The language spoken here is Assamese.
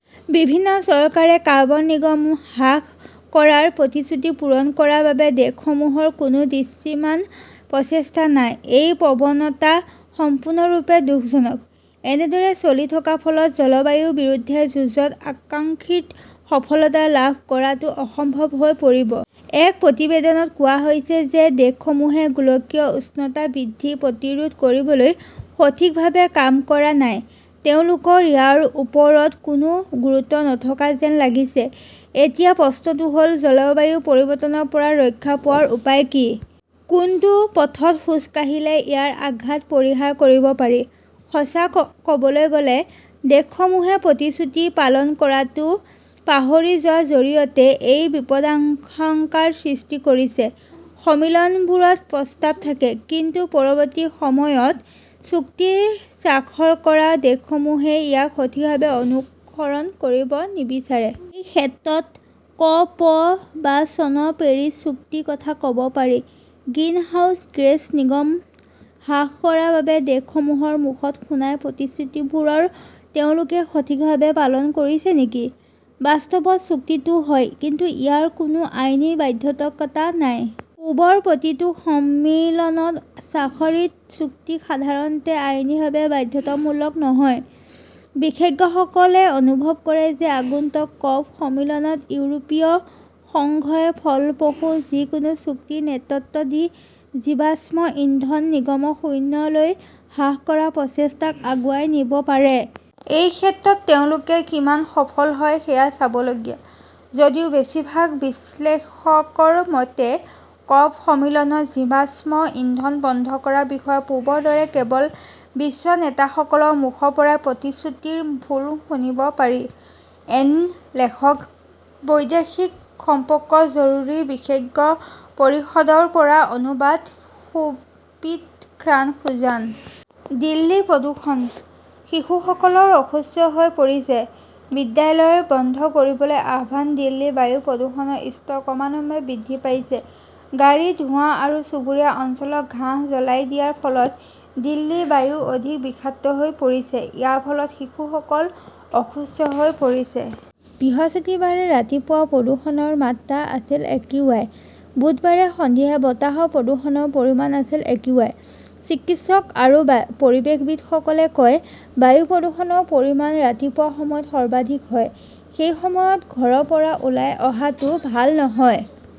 বিভিন্ন চৰকাৰে কৰ্বন নিৰ্গমন হ্ৰাস কৰাৰ প্ৰতিশ্ৰুতি পূৰণ কৰাৰ বাবে দেশসমূহৰ কোনো দৃশ্যমান প্ৰচেষ্টা নাই। এই প্ৰৱণতা সম্পূৰ্ণৰূপে দুখজনক। এনেদৰে চলি থকাৰ ফলত জলবায়ুৰ বিৰুদ্ধে যুঁজত আকাংক্ষিত সফলতা লাভ কৰাটো অসম্ভৱ হৈ পৰিব। এক প্ৰতিবেদনত কোৱা হৈছে যে দেশসমূহে গোলকীয় উষ্ণতা বৃদ্ধি প্ৰতিৰোধ কৰিবলৈ সঠিকভাৱে কাম কৰা নাই। তেওঁলোকৰ ইয়াৰ ওপৰত কোনো গুৰুত্ব নথকা যেন লাগিছে! এতিয়া প্ৰশ্নটো হ'ল জলবায়ু পৰিৱৰ্তনৰ পৰা ৰক্ষা পোৱাৰ উপায় কি? কোনটো পথত খোজ কাঢ়িলে ইয়াৰ আঘাত পৰিহাৰ কৰিব পাৰি? সঁচা ক'বলৈ গ'লে, দেশসমূহে প্ৰতিশ্ৰুতি পালন কৰাটো পাহৰি যোৱাৰ জৰিয়তে এই বিপদাশংকাৰ সৃষ্টি কৰিছে। সন্মিলনবোৰত প্ৰস্তাৱ থাকে, কিন্তু পৰৱৰ্তী সময়ত চুক্তি স্বাক্ষৰ কৰা দেশসমূহেই ইয়াক সঠিকভাৱে অনুসৰণ কৰিব নিবিচাৰে। এই ক্ষেত্ৰত ক 'প- বা চনৰ পেৰিছ চুক্তিৰ কথা ক' ব পাৰি। গ্ৰীণহাউছ গেছ নিৰ্গমন হ্ৰাস কৰাৰ বাবে দেশসমূহৰ মুখত শুনা প্ৰতিশ্ৰুতিবোৰ তেওঁলোকে সঠিকভাৱে পালন কৰিছে নেকি? বাস্তৱত, চুক্তিটো হয়, কিন্তু ইয়াৰ কোনো আইনী বাধ্যবাধকতা নাই। পূৰ্বৰ প্ৰতিটো সন্মিলনত স্বাক্ষৰিত চুক্তি সাধাৰণতে আইনীভাৱে বাধ্যতামূলক নহয়। বিশেষজ্ঞসকলে অনুভৱ কৰে যে আগন্তুক কপ- সন্মিলনত ইউৰোপীয় সংঘই ফলপ্ৰসূ যিকোনো চুক্তিৰ নেতৃত্ব দি জীৱাশ্ম ইন্ধন নিৰ্গমন 'শূন্য' লৈ হ্ৰাস কৰাৰ প্ৰচেষ্টাক আগুৱাই নিব পাৰে। এই ক্ষেত্ৰত তেওঁলোকে কিমান সফল হয় সেয়া চাবলগীয়া। যদিও বেছিভাগ বিশ্লেষকৰ মতে, কপ- সন্মিলনত জীৱাশ্ম ইন্ধন বন্ধ কৰাৰ বিষয়ে পূৰ্বৰ দৰে কেৱল বিশ্ব নেতাসকলৰ মুখৰ পৰাই প্ৰতিশ্ৰুতিৰ ফুল শুনিব পাৰি! এন লেখকঃ বৈদেশিক সম্পৰ্কৰ জৰুৰী বিশেষজ্ঞ পৰিষদৰ পৰা অনুবাদঃ সুম্ৰীত খান সুজান। দিল্লী প্ৰদূষণঃ শিশুসকল অসুস্থ হৈ পৰিছে, বিদ্যালয় বন্ধ কৰিবলৈ আহ্বান দিল্লীৰ বায়ু প্ৰদূষণৰ স্তৰ ক্ৰমান্বয়ে বৃদ্ধি পাইছে। গাড়ীৰ ধোঁৱা আৰু চুবুৰীয়া অঞ্চলৰ ঘাঁহ জ্বলাই দিয়াৰ ফলত দিল্লীৰ বায়ু অধিক বিষাক্ত হৈ পৰিছে। ইয়াৰ ফলত শিশুসকল অসুস্থ হৈ পৰিছে। বৃহস্পতিবাৰে ৰাতিপুৱা প্ৰদূষণৰ মাত্ৰা আছিল একিউআই। বুধবাৰে সন্ধিয়া বতাহৰ প্ৰদূষণৰ পৰিমাণ আছিল একিউআই। চিকিৎসক আৰু পৰিৱেশবিদসকলে কয়, "বায়ু প্ৰদূষণৰ পৰিমাণ ৰাতিপুৱাৰ সময়ত সৰ্বাধিক হয়। সেই সময়ত ঘৰৰ পৰা ওলাই অহাটো ভাল নহয়।